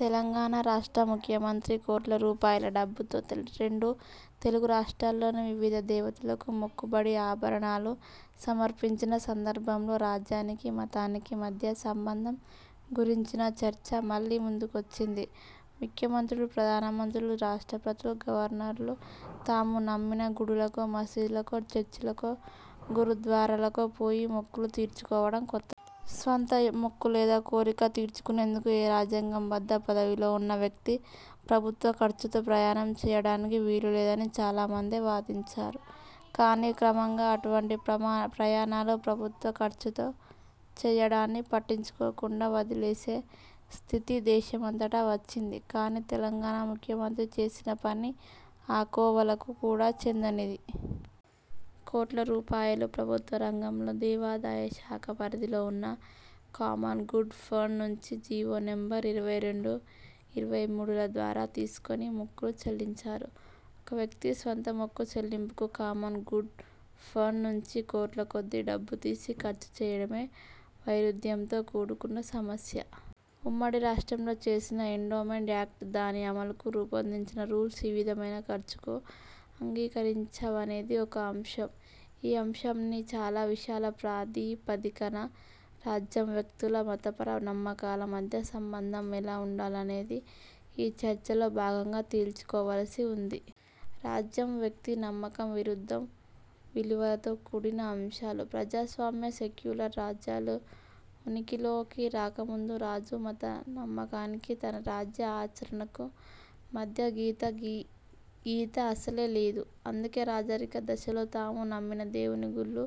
తెలంగాణ రాష్ట్ర ముఖ్యమంత్రి కోట్ల రూపాయల డబ్బుతో రెండు తెలుగు రాష్ర్టాల్లోని వివిధ దేవతలకు మొక్కుబడి ఆభరణాలు సమర్పించిన సందర్భంలో రాజ్యానికీ, మతానికీ మధ్య సంబంధం గురించిన చర్చ మళ్ళీ ముందుకొచ్చింది. ముఖ్యమంత్రులు, ప్రధానమంత్రులు, రాష్ట్రపతులు, గవర్నర్లు తాము నమ్మిన గుడులకో, మసీదులకో, చర్చిలకో, గురుద్వారలకో పోయి మొక్కులు తీర్చుకోవడం కొత్త స్వంత మొక్కు లేదా కోరిక తీర్చుకునేందుకు ఏ రాజ్యాంగబద్ధ పదవిలో ఉన్న వ్యక్తీ ప్రభుత్వ ఖర్చుతో ప్రయాణం చెయ్యడానికి వీలు లేదని చాలా మందే వాదించారు. కానీ క్రమంగా అటువంటి ప్రమ ప్రయాణాలు ప్రభుత్వ ఖర్చుతో చెయ్యడాన్ని పట్టించుకోకుండా వదిలేసే స్థితి దేశమంతటా వచ్చింది. కానీ తెలంగాణ ముఖ్యమంత్రి చేసిన పని ఆ కోవలకు కూడా చెందనిది. కోట్ల రూపాయలు ప్రభుత్వ రంగంలో దేవాదాయ శాఖ పరిధిలో ఉన్న 'కామన్ గుడ్ ఫండ్' నుంచి జీవో నంబర్ ఇరవై రెండు, ఇరవై మూడుల ద్వారా తీసుకొని మొక్కులు చెల్లించారు. ఒక వ్యక్తి స్వంత మొక్కు చెల్లింపుకు 'కామన్ గుడ్ ఫండ్' నుంచి కోట్లకొద్దీ డబ్బు తీసి ఖర్చు చేయడమే వైరుధ్యంతో కూడుకున్న సమస్య. ఉమ్మడి రాష్ట్రంలో చేసిన ఎండోమెంట్ యాక్ట్, దాని అమలుకు రూపొందించిన రూల్స్ ఈ విధమైన ఖర్చుకు అంగీకరించవనేది ఒక అంశం. ఈ అంశాన్ని చాలా విశాల ప్రాతిపదికన రాజ్యం, వ్యక్తుల మతపర నమ్మకాల మధ్య సంబంధం ఎలా ఉండాలనేది ఈ చర్చలో భాగంగా తేల్చుకోవలసి ఉంది. రాజ్యం, వ్యక్తి నమ్మకం విరుద్ధ విలువలతో కూడిన అంశాలు. ప్రజాస్వామ్య, సెక్యులర్ రాజ్యాలు ఉనికిలోకి రాక ముందు రాజు మత నమ్మకానికీ, తన రాజ్య ఆచరణకూ మధ్య గీత గీ గీతా అసలే లేదు. అందుకే రాజరిక దశలో తాము నమ్మిన దేవుని గుళ్ళు,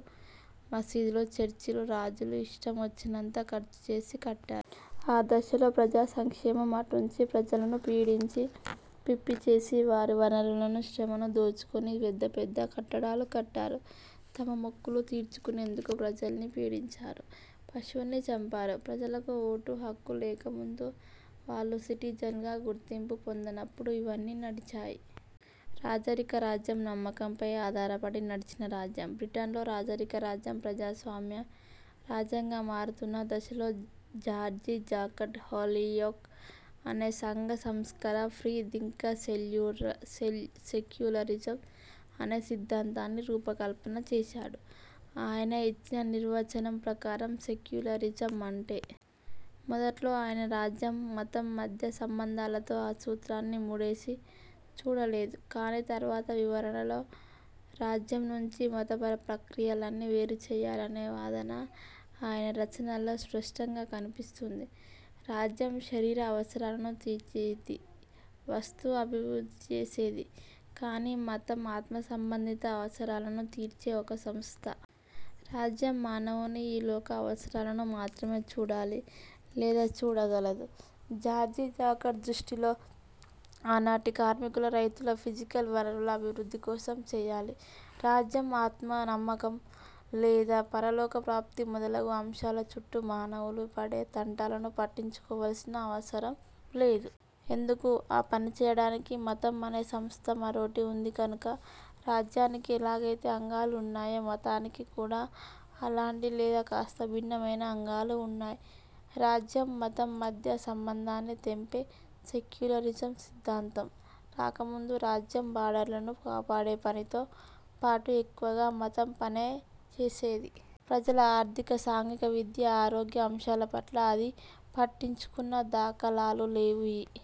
మసీదులు, చర్చిలు రాజులు ఇష్టమొచ్చినంత ఖర్చుచేసి కట్టారు. ఆ దశలో ప్రజా సంక్షేమం అటుంచి ప్రజలను పీడించి, పిప్పి చేసి వారి వనరులను, శ్రమను దోచుకొని పెద్ద, పెద్ద కట్టడాలు కట్టారు. తమ మొక్కులు తీర్చుకునేందుకు ప్రజల్ని పీడించారు, పశువుల్ని చంపారు. ప్రజలకు ఓటు హక్కు లేక ముందు, వాళ్ళు సిటిజనులుగా గుర్తింపు పొందనప్పుడు ఇవన్నీ నడిచాయి. రాజరిక రాజ్యం నమ్మకంపై ఆధారపడి నడిచిన రాజ్యం. బ్రిటన్లో రాజరిక రాజ్యం ప్రజాస్వామ్య రాజ్యంగా మారుతున్న దశలో జార్జి జాకబ్ హోలియోక్ అనే సంఘ సంస్కరఓ free thinker secure sell secularism అనే సిద్ధాంతానికి రూపకల్పన చేశాడు. ఆయన ఇచ్చిన నిర్వచనం ప్రకారం సెక్యులరిజం అంటే ','. మొదట్లో ఆయన రాజ్యం, మతం మధ్య సంబంధాలతో ఆ సూత్రాన్ని ముడేసి చూడలేదు. కానీ తరువాత వివరణలో రాజ్యం నుంచి, మతపర ప్రక్రియలన్నీ వేరుచెయ్యాలనే వాదన ఆయన రచనల్లో స్పష్టంగా కనిపిస్తుంది. రాజ్యం శరీర అవసరాలను తీర్చేది, వస్తు అభివృద్ధి చేసేది. కానీ మతం ఆత్మ సంబంధిత అవసరాలను తీర్చే ఒక సంస్థ. రాజ్యం మానవుని ఈ లోక అవసరాలను మాత్రమే చూడాలి లేదా చూడగలదు. జార్జి జాకబ్ దృష్టిలో ఆనాటి కార్మికుల, రైతుల ఫిజికల్ వనరుల అభివృద్ధి కోసం చెయ్యాలి. రాజ్యం ఆత్మ, నమ్మకం లేదా పరలోక ప్రాప్తి మొదలగు అంశాల చుట్టూ మానవులు పడే తంటాలను పట్టించుకోవలసిన అవసరం లేదు. ఎందుకు? ఆ పని చెయ్యడానికి మతం అనే సంస్థ మరోటి ఉంది కనుక. రాజ్యానికి ఎలాగైతే అంగాలు ఉన్నాయో మతానికి కూడా అలాంటి లేదా కాస్త భిన్నమైన అంగాలు ఉన్నాయి. రాజ్యం, మతం మధ్య సంబంధాన్ని తెంపే సెక్యులరిజం సిద్ధాంతం రాకముందు రాజ్యం బార్డర్లను కాపాడే పనితో పాటు ఎక్కువగా మతం పనే చేసేది. ప్రజల ఆర్థిక, సాంఘిక, విద్య, ఆరోగ్య అంశాల పట్ల అది పట్టించుకున్న దాఖలాలు లేవు. ఈ